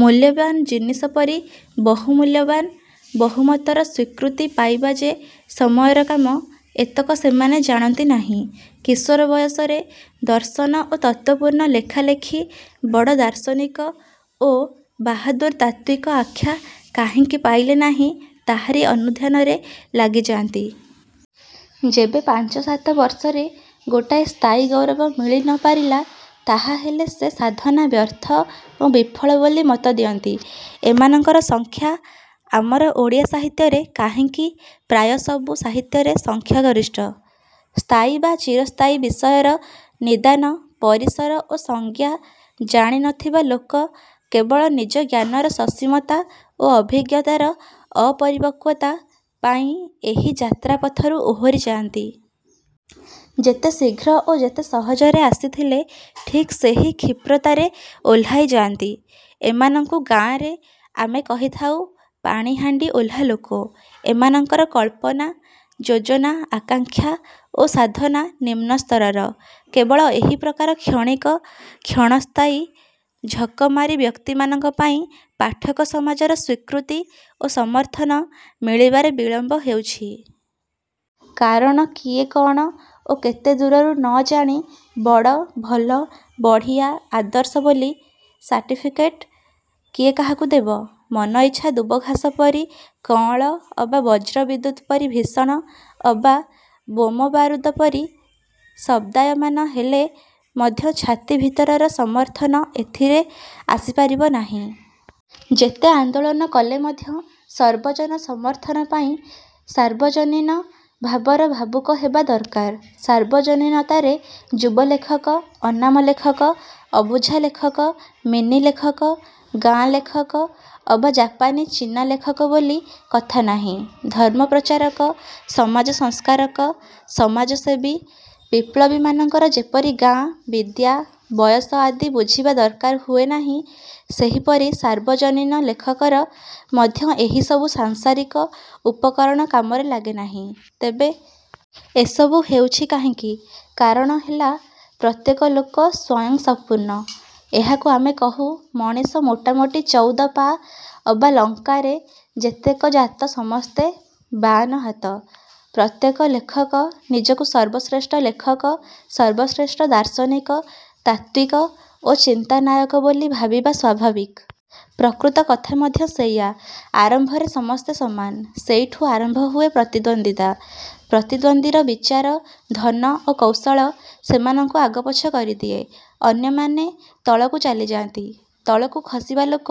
ମୂଲ୍ୟବାନ ଜିନିଷ ପରି ବହୁମୂଲ୍ୟବାନ ବହୁମତର ସ୍ୱୀକୃତି ପାଇବା ଯେ ସମୟର କାମ, ଏତକ ସେମାନେ ଜାଣନ୍ତି ନାହିଁ। କିଶୋର ବୟସରେ ଦର୍ଶନ ଓ ତତ୍ତ୍ୱପୂର୍ଣ୍ଣ ଲେଖା ଲେଖି ବଡ଼ ଦାର୍ଶନିକ ଓ ବାହାଦୁର ତାତ୍ତ୍ୱିକ ଆଖ୍ୟା କାହିଁକି ପାଇଲେ ନାହିଁ, ତାହାରି ଅନୁଧ୍ୟାନରେ ଲାଗିଯାଆନ୍ତି। ଯେବେ ପାଞ୍ଚ ସାତ ବର୍ଷରେ ଗୋଟାଏ ସ୍ଥାୟୀ ଗୌରବ ମିଳି ନ ପାରିଲା, ତାହାହେଲେ ସେ ସାଧନା ବ୍ୟର୍ଥ ଓ ବିଫଳ ବୋଲି ମତ ଦିଅନ୍ତି। ଏମାନଙ୍କର ସଂଖ୍ୟା ଆମର ଓଡ଼ିଆ ସାହିତ୍ୟରେ କାହିଁକି, ପ୍ରାୟ ସବୁ ସାହିତ୍ୟରେ ସଂଖ୍ୟାଗରିଷ୍ଠ। ସ୍ଥାୟୀ ବା ଚିରସ୍ଥାୟୀ ବିଷୟର ନିଦାନ, ପରିସର ଓ ସଂଜ୍ଞା ଜାଣି ନ ଥିବା ଲୋକ କେବଳ ନିଜ ଜ୍ଞାନର ସସୀମତା ଓ ଅଭିଜ୍ଞତାର ଅପରିପକ୍ୱତା ପାଇଁ ଏହି ଯାତ୍ରାପଥରୁ ଓହରି ଯାଆନ୍ତି। ଯେତେ ଶୀଘ୍ର ଓ ଯେତେ ସହଜରେ ଆସିଥିଲେ, ଠିକ୍ ସେହି କ୍ଷିପ୍ରତାରେ ଓହ୍ଲାଇ ଯାଆନ୍ତି। ଏମାନଙ୍କୁ ଗାଁରେ ଆମେ କହିଥାଉ ପାଣିହାଣ୍ଡି ଓହ୍ଲା ଲୋକ। ଏମାନଙ୍କର କଳ୍ପନା, ଯୋଜନା, ଆକାଙ୍କ୍ଷା ଓ ସାଧନା ନିମ୍ନ ସ୍ତରର। କେବଳ ଏହି ପ୍ରକାର କ୍ଷଣିକ, କ୍ଷଣସ୍ଥାୟୀ ଝକମାରୀ ବ୍ୟକ୍ତିମାନଙ୍କ ପାଇଁ ପାଠକ ସମାଜର ସ୍ୱୀକୃତି ଓ ସମର୍ଥନ ମିଳିବାରେ ବିଳମ୍ବ ହେଉଛି। କାରଣ କିଏ କ'ଣ ଓ କେତେ ଦୂରର ନ ଜାଣି ବଡ଼, ଭଲ, ବଢ଼ିଆ, ଆଦର୍ଶ ବୋଲି ସାର୍ଟିଫିକେଟ କିଏ କାହାକୁ ଦେବ? ମନଇଚ୍ଛା ଦୁବଘାସ ପରି କଅଁଳ ଅବା ବଜ୍ର ବିଦ୍ୟୁତ ପରି ଭୀଷଣ ଅବା ବୋମା ବାରୁଦ ପରି ଶବ୍ଦାୟମାନ ହେଲେ ମଧ୍ୟ ଛାତି ଭିତରର ସମର୍ଥନ ଏଥିରେ ଆସିପାରିବ ନାହିଁ। ଯେତେ ଆନ୍ଦୋଳନ କଲେ ମଧ୍ୟ ସର୍ବଜନ ସମର୍ଥନ ପାଇଁ ସାର୍ବଜନୀନ ଭାବର ଭାବୁକ ହେବା ଦରକାର। ସାର୍ବଜନୀନତାରେ ଯୁବ ଲେଖକ, ଅନାମ ଲେଖକ, ଅବୁଝା ଲେଖକ, ମିନି ଲେଖକ, ଗାଁ ଲେଖକ ଅବା ଜାପାନୀ ଚୀନା ଲେଖକ ବୋଲି କଥା ନାହିଁ। ଧର୍ମପ୍ରଚାରକ, ସମାଜ ସଂସ୍କାରକ, ସମାଜସେବୀ, ବିପ୍ଳବୀମାନଙ୍କର ଯେପରି ଗାଁ, ବିଦ୍ୟା, ବୟସ ଆଦି ବୁଝିବା ଦରକାର ହୁଏ ନାହିଁ, ସେହିପରି ସାର୍ବଜନୀନ ଲେଖକର ମଧ୍ୟ ଏହିସବୁ ସାଂସାରିକ ଉପକରଣ କାମରେ ଲାଗେ ନାହିଁ। ତେବେ ଏସବୁ ହେଉଛି କାହିଁକି? କାରଣ ହେଲା ପ୍ରତ୍ୟେକ ଲୋକ ସ୍ୱୟଂସମ୍ପୂର୍ଣ୍ଣ। ଏହାକୁ ଆମେ କହୁ, ମଣିଷ ମୋଟାମୋଟି ଚଉଦ ପାଆ, ଅବା ଲଙ୍କାରେ ଯେତେକ ଜାତ ସମସ୍ତେ ବାଆନ ହାତ। ପ୍ରତ୍ୟେକ ଲେଖକ ନିଜକୁ ସର୍ବଶ୍ରେଷ୍ଠ ଲେଖକ, ସର୍ବଶ୍ରେଷ୍ଠ ଦାର୍ଶନିକ, ତାତ୍ତ୍ୱିକ ଓ ଚିନ୍ତାନାୟକ ବୋଲି ଭାବିବା ସ୍ୱାଭାବିକ। ପ୍ରକୃତ କଥା ମଧ୍ୟ ସେଇଆ। ଆରମ୍ଭରେ ସମସ୍ତେ ସମାନ। ସେଇଠୁ ଆରମ୍ଭ ହୁଏ ପ୍ରତିଦ୍ୱନ୍ଦ୍ୱିତା। ପ୍ରତିଦ୍ୱନ୍ଦ୍ୱୀର ବିଚାର, ଧନ ଓ କୌଶଳ ସେମାନଙ୍କୁ ଆଗପଛ କରିଦିଏ। ଅନ୍ୟମାନେ ତଳକୁ ଚାଲିଯାନ୍ତି। ତଳକୁ ଖସିବା ଲୋକ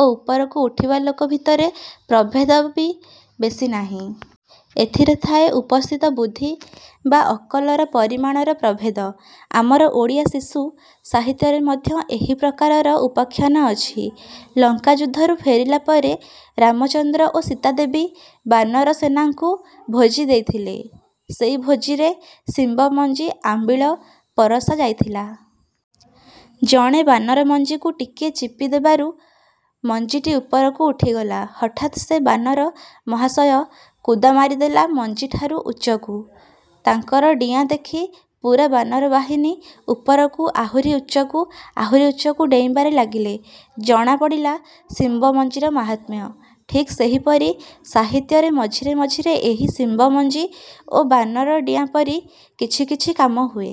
ଓ ଉପରକୁ ଉଠିବା ଲୋକ ଭିତରେ ପ୍ରଭେଦ ବି ବେଶି ନାହିଁ। ଏଥିରେ ଥାଏ ଉପସ୍ଥିତ ବୁଦ୍ଧି ବା ଅକଲର ପରିମାଣର ପ୍ରଭେଦ। ଆମର ଓଡ଼ିଆ ଶିଶୁ ସାହିତ୍ୟରେ ମଧ୍ୟ ଏହି ପ୍ରକାରର ଉପାଖ୍ୟାନ ଅଛି। ଲଙ୍କା ଯୁଦ୍ଧରୁ ଫେରିଲା ପରେ ରାମଚନ୍ଦ୍ର ଓ ସୀତାଦେବୀ ବାନର ସେନାଙ୍କୁ ଭୋଜି ଦେଇଥିଲେ। ସେଇ ଭୋଜିରେ ଶିମ୍ବମଞ୍ଜି ଆମ୍ବିଳ ପରଶା ଯାଇଥିଲା। ଜଣେ ବାନର ମଞ୍ଜିକୁ ଟିକିଏ ଚିପିଦେବାରୁ ମଞ୍ଜିଟି ଉପରକୁ ଉଠିଗଲା। ହଠାତ୍ ସେ ବାନର ମହାଶୟ କୁଦା ମାରିଦେଲେ ମଞ୍ଜିଠାରୁ ଉଚ୍ଚକୁ। ତାଙ୍କର ଡିଆଁ ଦେଖି ପୂରା ବାନର ବାହିନୀ ଉପରକୁ, ଆହୁରି ଉଚ୍ଚକୁ, ଆହୁରି ଉଚ୍ଚକୁ ଡେଇଁବାରେ ଲାଗିଲେ। ଜଣାପଡ଼ିଲା ଶିମ୍ବମଞ୍ଜିର ମାହାତ୍ମ୍ୟ। ଠିକ୍ ସେହିପରି ସାହିତ୍ୟରେ ମଝିରେ ମଝିରେ ଏହି ଶିମ୍ବମଞ୍ଜି ଓ ବାନର ଡିଆଁ ପରି କିଛି କିଛି କାମ ହୁଏ।